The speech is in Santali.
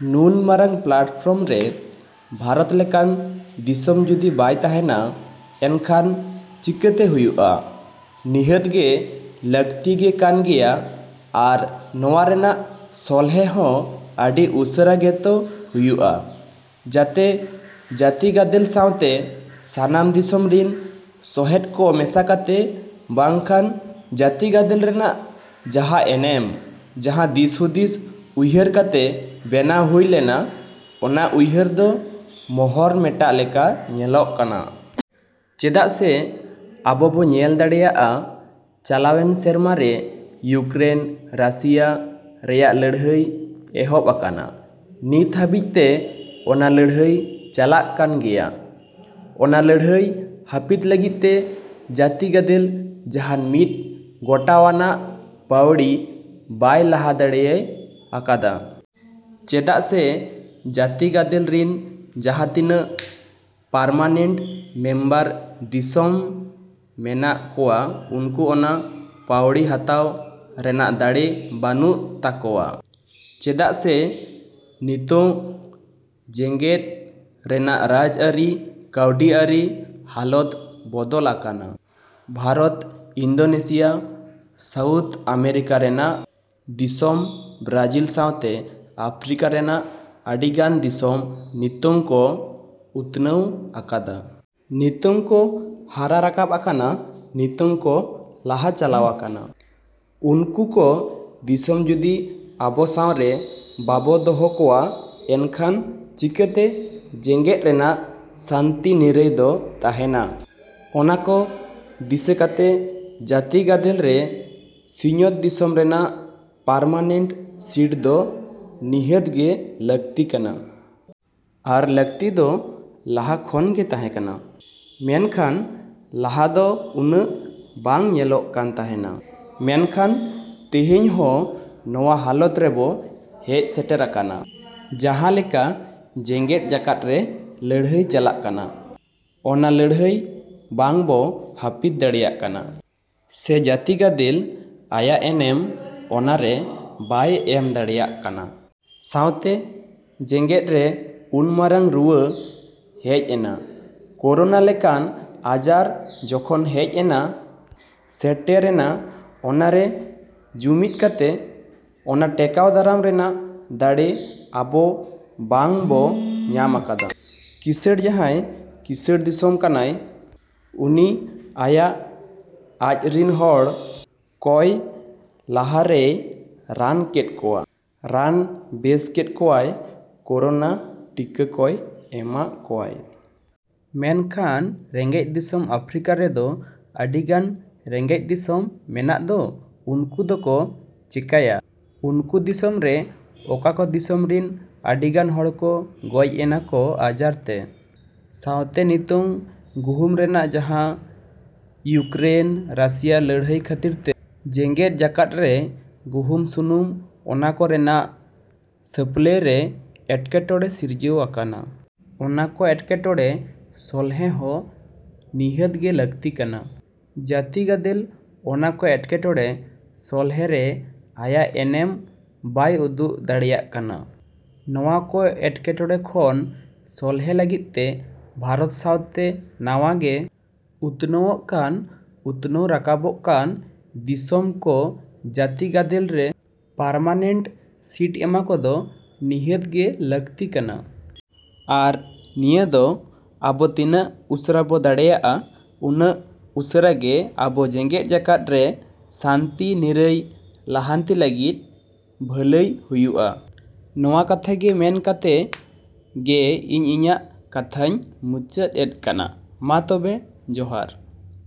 ᱱᱩᱱ ᱢᱟᱨᱟᱝ ᱯᱞᱟᱴᱯᱷᱚᱨᱢ ᱨᱮ ᱵᱷᱟᱨᱚᱛ ᱞᱮᱠᱟᱱ ᱫᱤᱥᱚᱢ ᱡᱩᱫᱤ ᱵᱟᱭ ᱛᱟᱦᱮᱱᱟ ᱮᱱᱠᱷᱟᱱ ᱪᱤᱠᱟᱹᱛᱮ ᱦᱩᱭᱩᱜᱼᱟ᱾ ᱱᱤᱦᱟᱹᱛ ᱜᱮ ᱞᱟᱹᱠᱛᱤ ᱜᱮ ᱠᱟᱱ ᱜᱮᱭᱟ ᱟᱨ ᱱᱚᱶᱟ ᱨᱮᱱᱟᱜ ᱥᱚᱞᱦᱮ ᱦᱚᱸ ᱟᱹᱰᱤ ᱩᱥᱟᱹᱨᱟ ᱜᱮ ᱛᱚ ᱦᱩᱭᱩᱜᱼᱟ᱾ ᱡᱟᱛᱮ ᱡᱟᱹᱛᱤ ᱜᱟᱫᱮᱞ ᱥᱟᱶᱛᱮ ᱥᱟᱱᱟᱢ ᱫᱤᱥᱚᱢ ᱨᱤᱱ ᱥᱚᱦᱮᱫ ᱠᱚ ᱢᱮᱥᱟ ᱠᱟᱛᱮ ᱵᱟᱝᱠᱷᱟᱱ ᱡᱟᱹᱛᱤ ᱜᱟᱫᱮᱞ ᱨᱮᱱᱟᱜ ᱡᱟᱦᱟᱸ ᱮᱱᱮᱢ ᱡᱟᱦᱟᱸ ᱫᱤᱥ ᱦᱩᱫᱤᱥ ᱩᱭᱦᱟᱹᱨ ᱠᱟᱛᱮ ᱵᱮᱱᱟᱣ ᱦᱩᱭ ᱞᱮᱱᱟ ᱚᱱᱟ ᱩᱭᱦᱟᱹᱨ ᱫᱚ ᱢᱚᱦᱚᱨ ᱢᱮᱴᱟᱜ ᱞᱮᱠᱟ ᱧᱮᱞᱚᱜ ᱠᱟᱱᱟ᱾ ᱪᱮᱫᱟᱜ ᱥᱮ ᱟᱵᱚ ᱵᱚ ᱧᱮᱞ ᱫᱟᱲᱮᱭᱟᱜᱼᱟ ᱪᱟᱞᱟᱣᱮᱱ ᱥᱮᱨᱢᱟ ᱨᱮ ᱤᱭᱩᱠᱨᱮᱱ ᱨᱟᱥᱤᱭᱟ ᱨᱮᱭᱟᱜ ᱞᱟᱹᱲᱦᱟᱹᱭ ᱮᱦᱚᱵ ᱟᱠᱟᱱᱟ᱾ ᱱᱤᱛ ᱦᱟᱹᱵᱤᱡ ᱛᱮ ᱚᱱᱟ ᱞᱟᱹᱲᱦᱟᱹᱭ ᱪᱟᱞᱟᱜ ᱠᱟᱱ ᱜᱮᱭᱟ᱾ ᱚᱱᱟ ᱞᱟᱹᱲᱦᱟᱹᱭ ᱦᱟᱯᱤᱫ ᱞᱟᱹᱜᱤᱫ ᱛᱮ ᱡᱟᱹᱛᱤ ᱜᱟᱫᱮᱞ ᱡᱟᱦᱟᱱ ᱢᱤᱫ ᱜᱚᱴᱟᱣᱟᱱᱟᱜ ᱯᱟᱹᱣᱲᱤ ᱵᱟᱭ ᱞᱟᱦᱟ ᱫᱟᱲᱮᱭᱟᱜ ᱟᱠᱟᱫᱟ᱾ ᱪᱮᱫᱟᱜ ᱥᱮ ᱡᱟᱹᱛᱤ ᱜᱟᱫᱮᱞ ᱨᱤᱱ ᱡᱟᱦᱟᱸ ᱛᱤᱱᱟᱹᱜ ᱯᱟᱨᱢᱟᱱᱮᱱᱴ ᱢᱮᱢᱵᱟᱨ ᱫᱤᱥᱚᱢ ᱢᱮᱱᱟᱜ ᱠᱚᱣᱟ ᱩᱱᱠᱩ ᱚᱱᱟ ᱯᱟᱹᱣᱲᱤ ᱦᱟᱛᱟᱣ ᱨᱮᱱᱟᱜ ᱫᱟᱲᱮ ᱵᱟᱹᱱᱩᱜ ᱛᱟᱠᱚᱣᱟ᱾ ᱪᱮᱫᱟᱜ ᱥᱮ ᱱᱤᱛᱚᱝ ᱡᱮᱜᱮᱫ ᱨᱮᱱᱟᱜ ᱨᱟᱡᱽ ᱟᱹᱨᱤ ᱠᱟᱹᱣᱰᱤ ᱟᱹᱨᱤ ᱦᱟᱞᱚᱛ ᱵᱚᱫᱚᱞ ᱟᱠᱟᱱᱟ᱾ ᱵᱷᱟᱨᱚᱛ ᱤᱱᱫᱳᱱᱮᱥᱤᱭᱟ ᱥᱟᱣᱩᱛᱷ ᱟᱢᱮᱨᱤᱠᱟ ᱨᱮᱱᱟᱜ ᱫᱤᱥᱚᱢ ᱵᱨᱟᱡᱤᱞ ᱥᱟᱶᱛᱮ ᱟᱯᱷᱨᱤᱠᱟ ᱨᱮᱱᱟᱜ ᱟᱹᱰᱤ ᱜᱟᱱ ᱫᱤᱥᱚᱢ ᱱᱤᱛᱚᱝ ᱠᱚ ᱩᱛᱱᱟᱹᱣ ᱟᱠᱟᱱᱟ᱾ ᱱᱤᱛᱚᱝ ᱠᱚ ᱦᱟᱨᱟ ᱨᱟᱠᱟᱵ ᱟᱠᱟᱱᱟ ᱱᱤᱛᱚᱝ ᱠᱚ ᱞᱟᱦᱟ ᱪᱟᱞᱟᱣ ᱟᱠᱟᱱᱟ᱾ ᱩᱱᱠᱩ ᱠᱚ ᱫᱤᱥᱚᱢ ᱡᱩᱫᱤ ᱟᱵᱚ ᱥᱟᱶ ᱨᱮ ᱵᱟᱵᱚ ᱫᱚᱦᱚ ᱠᱚᱣᱟ ᱮᱱᱠᱷᱟᱱ ᱪᱤᱠᱟᱹᱛᱮ ᱡᱮᱜᱮᱫ ᱨᱮᱱᱟᱜ ᱥᱟᱱᱛᱤ ᱱᱤᱨᱟᱹᱭ ᱫᱚ ᱛᱟᱦᱮᱱᱟ᱾ ᱚᱱᱟ ᱠᱚ ᱫᱤᱥᱟᱹ ᱠᱟᱛᱮ ᱡᱟᱹᱛᱤ ᱜᱟᱫᱮᱞ ᱨᱮ ᱥᱤᱧ ᱚᱛ ᱫᱤᱥᱚᱢ ᱨᱮᱱᱟᱜ ᱯᱟᱨᱢᱟᱱᱮᱱᱴ ᱥᱤᱴ ᱫᱚ ᱱᱤᱦᱟᱹᱛ ᱜᱮ ᱞᱟᱹᱠᱛᱤ ᱠᱟᱱᱟ᱾ ᱟᱨ ᱞᱟᱠᱛᱤ ᱫᱚ ᱞᱟᱦᱟ ᱠᱷᱚᱱ ᱜᱮ ᱛᱟᱦᱮᱸ ᱠᱟᱱᱟ᱾ ᱢᱮᱱᱠᱷᱟᱱ ᱞᱟᱦᱟ ᱫᱚ ᱩᱱᱟᱹᱜ ᱵᱟᱝ ᱧᱮᱞᱚᱜ ᱠᱟᱱ ᱛᱟᱦᱮᱱᱟ᱾ ᱢᱮᱱᱠᱷᱟᱱ ᱛᱮᱦᱮᱧ ᱦᱚᱸ ᱱᱚᱶᱟ ᱦᱟᱞᱚᱛ ᱨᱮᱵᱚ ᱦᱮᱡ ᱥᱮᱴᱮᱨ ᱟᱠᱟᱱᱟ ᱡᱟᱦᱟᱸ ᱞᱮᱠᱟ ᱡᱮᱜᱮᱫ ᱡᱟᱠᱟᱛ ᱨᱮ ᱞᱟᱹᱲᱦᱟᱹᱭ ᱪᱟᱞᱟᱜ ᱠᱟᱱᱟ ᱚᱱᱟ ᱞᱟᱹᱲᱦᱟᱹᱭ ᱵᱟᱝ ᱵᱚ ᱦᱟᱯᱤᱫ ᱫᱟᱲᱮᱭᱟᱜ ᱠᱟᱱᱟ ᱥᱮ ᱡᱟᱹᱛᱤ ᱜᱟᱫᱮᱞ ᱟᱭᱟᱜ ᱮᱱᱮᱢ ᱚᱱᱟ ᱨᱮ ᱵᱟᱭ ᱮᱢ ᱫᱟᱲᱮᱭᱟᱜ ᱠᱟᱱᱟ᱾ ᱥᱟᱶᱛᱮ ᱡᱮᱜᱮᱫ ᱨᱮ ᱩᱱ ᱢᱟᱨᱟᱝ ᱨᱩᱣᱟᱹ ᱦᱮᱡ ᱮᱱᱟ ᱠᱳᱨᱳᱱᱟ ᱞᱮᱠᱟᱱ ᱟᱡᱟᱨ ᱡᱚᱠᱷᱚᱱ ᱦᱮᱡ ᱞᱮᱱᱟ ᱥᱮᱴᱮᱨᱮᱱᱟ ᱚᱱᱟ ᱨᱮ ᱡᱩᱢᱤᱫ ᱠᱟᱛᱮ ᱚᱱᱟ ᱴᱮᱠᱟᱣ ᱫᱟᱨᱟᱢ ᱨᱮᱱᱟᱜ ᱫᱟᱲᱮ ᱟᱵᱚ ᱵᱟᱝ ᱵᱚ ᱧᱟᱢ ᱟᱠᱟᱫᱟ᱾ ᱠᱤᱥᱟᱹᱬ ᱡᱟᱦᱟᱸᱭ ᱠᱤᱥᱟᱹᱬ ᱫᱤᱥᱚᱢ ᱠᱟᱱᱟᱭ ᱩᱱᱤ ᱟᱭᱟᱜ ᱟᱡ ᱨᱤᱱ ᱦᱚᱲ ᱠᱚᱭ ᱞᱟᱦᱟ ᱨᱮᱭ ᱨᱟᱱ ᱠᱮᱫ ᱠᱚᱣᱟ ᱨᱟᱱ ᱵᱮᱥ ᱠᱮᱫ ᱠᱚᱣᱟᱭ ᱠᱳᱨᱳᱱᱟ ᱴᱤᱠᱟ ᱠᱚᱭ ᱮᱢᱟᱜ ᱠᱚᱣᱟᱭ᱾ ᱢᱮᱱᱠᱷᱟᱱ ᱨᱮᱸᱜᱮᱡ ᱫᱤᱥᱚᱢ ᱟᱯᱷᱨᱤᱠᱟ ᱨᱮᱫᱚ ᱟᱹᱰᱤ ᱜᱟᱱ ᱨᱮᱸᱜᱮᱡ ᱫᱤᱥᱚᱢ ᱢᱮᱱᱟᱜ ᱫᱚ ᱩᱱᱠᱩ ᱫᱚᱠᱚ ᱪᱮᱠᱟᱭᱟ ᱩᱱᱠᱩ ᱫᱤᱥᱚᱢ ᱨᱮ ᱚᱱᱟ ᱠᱚ ᱫᱤᱥᱚᱢ ᱨᱤᱱ ᱟᱹᱰᱤ ᱜᱟᱱ ᱦᱚᱲ ᱠᱚ ᱜᱚᱡ ᱮᱱᱟ ᱠᱚ ᱟᱡᱟᱨ ᱛᱮ᱾ ᱥᱟᱶᱛᱮ ᱱᱤᱛᱚᱝ ᱜᱩᱦᱩᱢ ᱨᱮᱱᱟᱜ ᱡᱟᱦᱟᱸ ᱤᱭᱩᱠᱨᱮᱱ ᱨᱟᱥᱤᱭᱟ ᱞᱟᱹᱲᱦᱟᱹᱭ ᱠᱷᱟᱹᱛᱤᱨ ᱛᱮ ᱡᱮᱜᱮᱫ ᱡᱟᱠᱟᱛ ᱨᱮ ᱜᱩᱦᱩᱢ ᱥᱩᱱᱩᱢ ᱚᱱᱟ ᱠᱚ ᱨᱮᱱᱟᱜ ᱥᱟᱯᱞᱟᱭ ᱨᱮ ᱮᱴᱠᱮᱴᱚᱬᱮ ᱥᱤᱨᱡᱟᱹᱣ ᱟᱠᱟᱱᱟ᱾ ᱚᱱᱟ ᱠᱚ ᱮᱴᱠᱮᱴᱚᱬᱮ ᱥᱚᱞᱦᱮ ᱦᱚᱸ ᱱᱤᱦᱟᱹᱛ ᱜᱮ ᱞᱟᱠᱛᱤ ᱠᱟᱱᱟ᱾ ᱡᱟᱹᱛᱤ ᱜᱟᱫᱮᱞ ᱚᱱᱟ ᱠᱚ ᱮᱴᱠᱮᱴᱚᱬᱮ ᱥᱚᱞᱦᱮ ᱨᱮ ᱟᱭᱟᱜ ᱮᱱᱮᱢ ᱵᱟᱭ ᱩᱫᱩᱜ ᱫᱟᱲᱮᱭᱟᱜ ᱠᱟᱱᱟ᱾ ᱱᱚᱶᱟ ᱠᱚ ᱮᱴᱠᱮᱴᱚᱬᱮ ᱠᱷᱚᱱ ᱥᱚᱞᱦᱮ ᱞᱟᱹᱜᱤᱫ ᱛᱮ ᱵᱷᱟᱨᱚᱛ ᱥᱟᱶᱛᱮ ᱱᱟᱶᱟ ᱜᱮ ᱩᱛᱱᱟᱹᱣᱚᱜ ᱠᱟᱱ ᱩᱛᱱᱟᱹᱣ ᱨᱟᱠᱟᱵᱚᱜ ᱠᱟᱱ ᱫᱤᱥᱚᱢ ᱠᱚ ᱡᱟᱹᱛᱤ ᱜᱟᱫᱮᱞ ᱨᱮ ᱯᱟᱨᱢᱟᱱᱮᱱᱴ ᱥᱤᱴ ᱮᱢᱟ ᱠᱚᱫᱚ ᱱᱤᱦᱟᱹᱛ ᱜᱮ ᱞᱟᱹᱠᱛᱤ ᱠᱟᱱᱟ᱾ ᱟᱨ ᱱᱤᱭᱟᱹ ᱫᱚ ᱟᱵᱚ ᱛᱤᱱᱟᱹᱜ ᱩᱥᱟᱹᱨᱟ ᱵᱚ ᱫᱟᱲᱮᱭᱟᱜᱼᱟ ᱩᱱᱟᱹᱜ ᱩᱥᱟᱹᱨᱟ ᱜᱮ ᱟᱵᱚ ᱡᱮᱜᱮᱫ ᱡᱟᱠᱟᱛ ᱨᱮ ᱥᱟᱱᱛᱤ ᱱᱤᱨᱟᱹᱭ ᱞᱟᱦᱟᱱᱛᱤ ᱞᱟᱹᱜᱤᱫ ᱵᱷᱟᱹᱞᱟᱹᱭ ᱦᱩᱭᱩᱜᱼᱟ᱾ ᱱᱚᱶᱟ ᱠᱟᱛᱷᱟ ᱢᱮᱱ ᱠᱟᱛᱮ ᱜᱮ ᱤᱧ ᱤᱧᱟᱹᱜ ᱠᱟᱛᱷᱟᱧ ᱢᱩᱪᱟᱹᱫ ᱮᱫ ᱠᱟᱱᱟ ᱢᱟ ᱛᱚᱵᱮ ᱡᱚᱦᱟᱨ᱾।